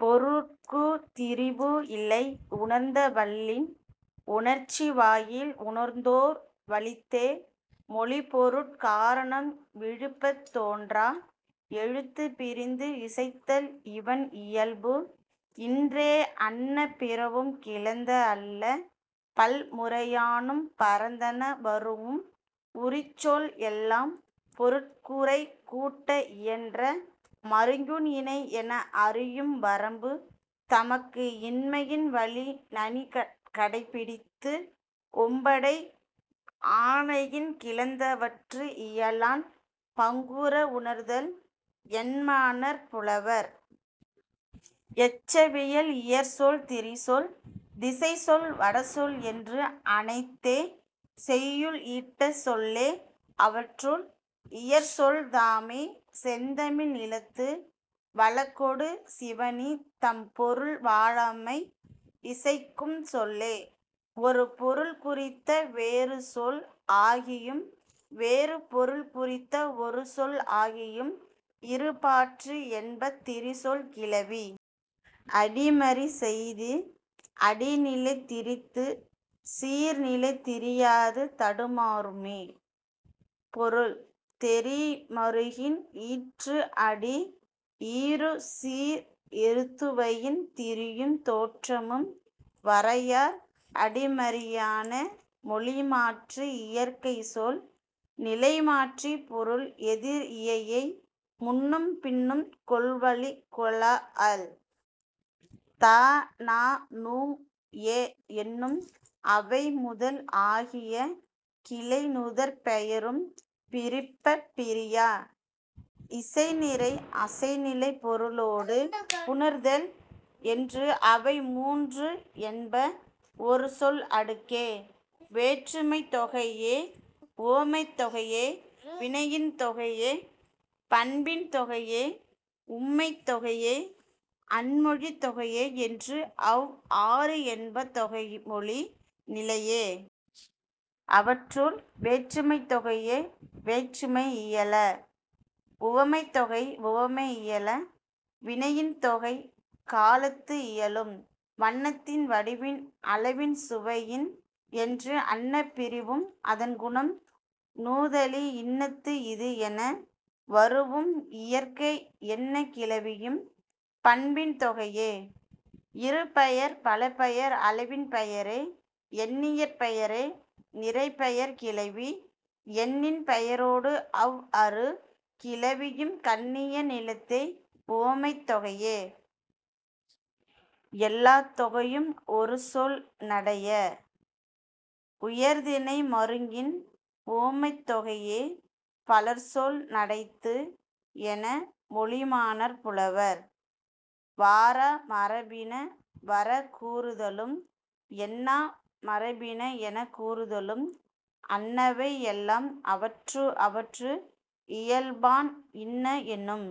பொருட்குத் திரிபு இல்லை உணர்த்த வல்லின். உணர்ச்சி வாயில் உணர்வோர் வலித்தே. மொழிப் பொருட் காரணம் விழிப்பத் தோன்றா. எழுத்துப் பிரிந்து இசைத்தல் இவண் இயல்பு இன்றே அன்ன பிறவும் கிளந்த அல்ல பல் முறையானும் பரந்தன வரூஉம் உரிச்சொல் எல்லாம் பொருட்குறை கூட்ட இயன்ற மருங்கின் இனைத்து என அறியும் வரம்பு தமக்கு இன்மையின் வழி நனிக்க கடைப்பிடித்து ஓம்படை ஆணையின் கிளந்தவற்று இயலான் பாங்குற உணர்தல் என்மனார் புலவர்.. எச்சவியல் இயற்சொல் திரிசொல் திசைச்சொல் வடசொல் என்று அனைத்தே செய்யுள் ஈட்டச் சொல்லே. அவற்றுள், இயற்சொல்தாமே செந்தமிழ் நிலத்து வழக்கொடு சிவணி தம் பொருள் வழாமை இசைக்கும் சொல்லே. ஒரு பொருள் குறித்த வேறு சொல் ஆகியும் வேறு பொருள் குறித்த ஒரு சொல் ஆகியும் இரு பாற்று என்ப திரிசொல் கிளவி. அடிமறிச் செய்தி அடி நிலை திரிந்து சீர் நிலை திரியாது தடுமாறும்மே. பொருள் தெரி மருங்கின் ஈற்று அடி இறு சீர் எருத்துவயின் திரியும் தோற்றமும் வரையார் அடிமறியான. மொழிமாற்று இயற்கை சொல் நிலை மாற்றி பொருள் எதிர் இயைய முன்னும் பின்னும் கொள் வழிக் கொளாஅல். த ந நு எ எனும் அவை முதல் ஆகிய கிளை நுதற் பெயரும் பிரிப்பப் பிரியா. இசைநிறை அசைநிலை பொருளொடு புணர்தல் என்று அவை மூன்று என்ப ஒரு சொல் அடுக்கே. வேற்றுமைத்தொகையே உவமத்தொகையே வினையின்தொகையே பண்பின்தொகையே உம்மைத்தொகையே அன்மொழித்தொகை என்று அவ் ஆறு என்ப தொகைமொழி நிலையே. அவற்றுள், வேற்றுமைத்தொகையே வேற்றுமை இயல. உவமத்தொகையே உவம இயல. வினையின்தொகுதி காலத்து இயலும். வண்ணத்தின் வடிவின் அளவின் சுவையின் என்று அன்ன பிறவும் அதன் குணம் நுதலி இன்னது இது என வரூஉம் இயற்கை என்ன கிளவியும் பண்பின்தொகையே. இரு பெயர் பல பெயர் அளவின்பெயரே எண்ணியற்பெயரே நிறைப்பெயர்க் கிளவி எண்ணின்பெயரொடு அவ் அறு கிளவியும் கண்ணிய நிலைத்தே உம்மைத்தொகையே. எல்லாத் தொகையும் ஒரு சொல் நடைய. உயர்திணை மருங்கின் உம்மைத்தொகையே பலர்சொல் நடைத்து என மொழிமனார் புலவர். வாரா மரபின வரக் கூறுதலும் என்னா மரபின எனக் கூறுதலும் அன்னவை எல்லாம் அவற்று அவற்று இயல்பான் இன்ன என்னும்